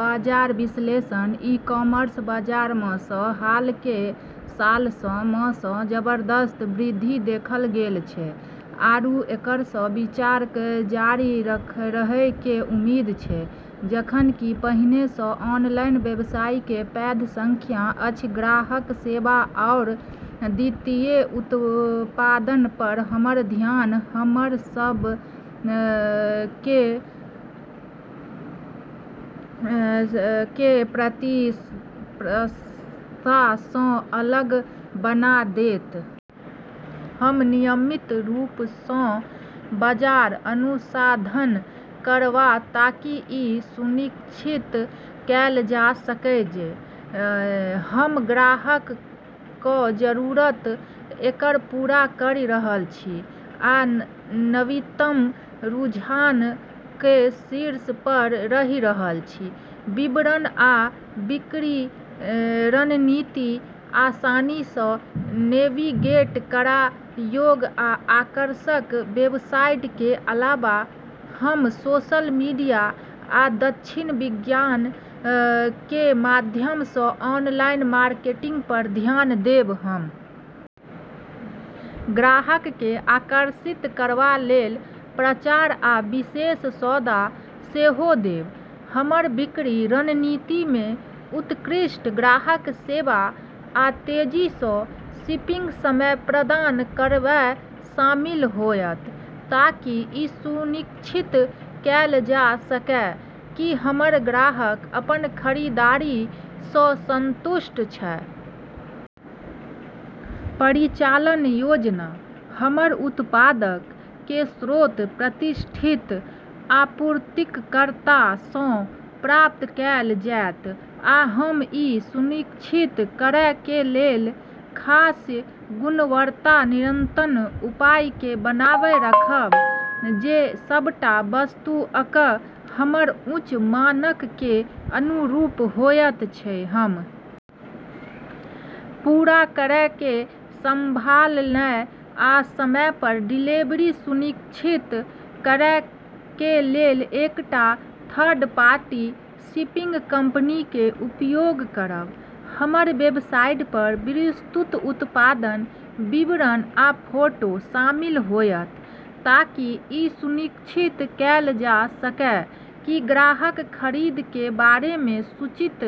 बाजार विश्लेषण e commerce बाजार मऽ हाल के सालऽ मऽ जबरदस्त वृद्धि देखल गेल छै आरू एकरऽ विस्तार जारी रहै के उम्मीद छै। जखन कि पहिने सऽ ऑनलाइन व्यवसाय के पैघ संख्या अछि ग्राहक सेवा आओर अद्वितीय उत्पाद पर हमर ध्यान हमरा सभ के प्रतिस्पर्धा सऽ अलग बना देत । हम नियमित रूप स बाजार अनुसंधान करब ताकि इ सुनिश्चित कैल जा सकए जे हम ग्राहक कऽ जरूरत कए पूरा करि रहल छी आ नवीनतम रुझान कऽ शीर्ष पर रहि रहल छी। विपणन आ बिक्री रणनीत आसानी सऽ नेविगेट करय योग्य आ आकर्षक वेबसाइट के अलावा हम सोशल मीडिया आ लक्षित विज्ञापन के माध्यम सऽ ऑनलाइन मार्केटिंग पर ध्यान देब ।हम ग्राहक के आकर्षित करबा लेल प्रचार आ विशेष सौदा सेहो देब। हमर बिक्री रणनीति मे उत्कृष्ट ग्राहक सेवा आ तेजी सऽ शिपिंग समय प्रदान करनाय शामिल होयत ताकि इ सुनिश्चित कैल जा सकय कि हमर ग्राहक अपन खरीदारी सऽ संतुष्ट छै । परिचालन योजना हमर उत्पादक के स्रोत प्रतिष्ठित आपूर्तिकर्ताक सऽ प्राप्त कैल जेतय आ हम इ सुनिश्चित करय के लेल सख्त गुणवत्ता नियंत्रण उपायक के बनाए रखब जे सबटा वस्तुअक हमर उच्च मानक के अनुरूप होयत छै ।हम पूरा करय के संभालनाय आ समय पर डिलीवरी सुनिश्चित करय के लेल एकटा थर्ड पार्टी शिपिंग कंपनी के उपयोग करब ।हमर वेबसाइट पर विस्तृत उत्पाद विवरण आ फोटो शामिल होयत ताकि इ सुनिश्चित कैल जा सकय कि ग्राहक खरीद के बारे मे सूचित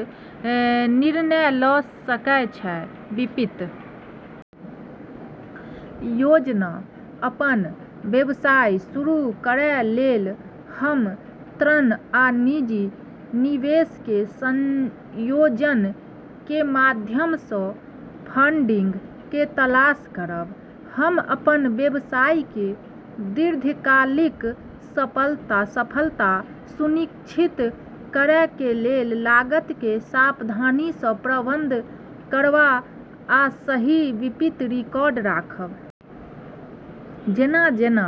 निर्णय ल सकय छै ।वित्तीय योजना अपन व्यवसाय शुरू करय लेल हम ऋण आ निजी निवेश के संयोजन के माध्यम सं फंडिंग के तलाश करब। हम अपन व्यवसाय के दीर्घकालिक सफलता सुनिश्चित करय के लेल लागत के सावधानी सं प्रबंधन करब आ सही वित्तीय रिकॉर्ड रखब । जेना जेना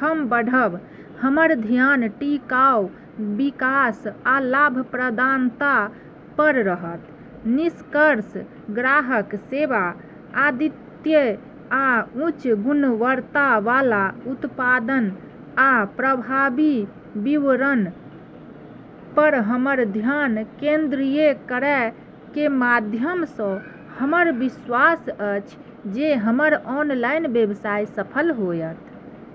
हम बढ़ब, हमर ध्यान टिकाऊ विकास आ लाभप्रदता पर रहत। निष्कर्ष ग्राहक सेवा, अद्वितीय आ उच्च गुणवत्ता वाला उत्पाद, आ प्रभावी विपणन पर हमर ध्यान केंद्रित करय के माध्यम सऽ हमरा विश्वास अछि जे हमर ऑनलाइन व्यवसाय सफल होयत l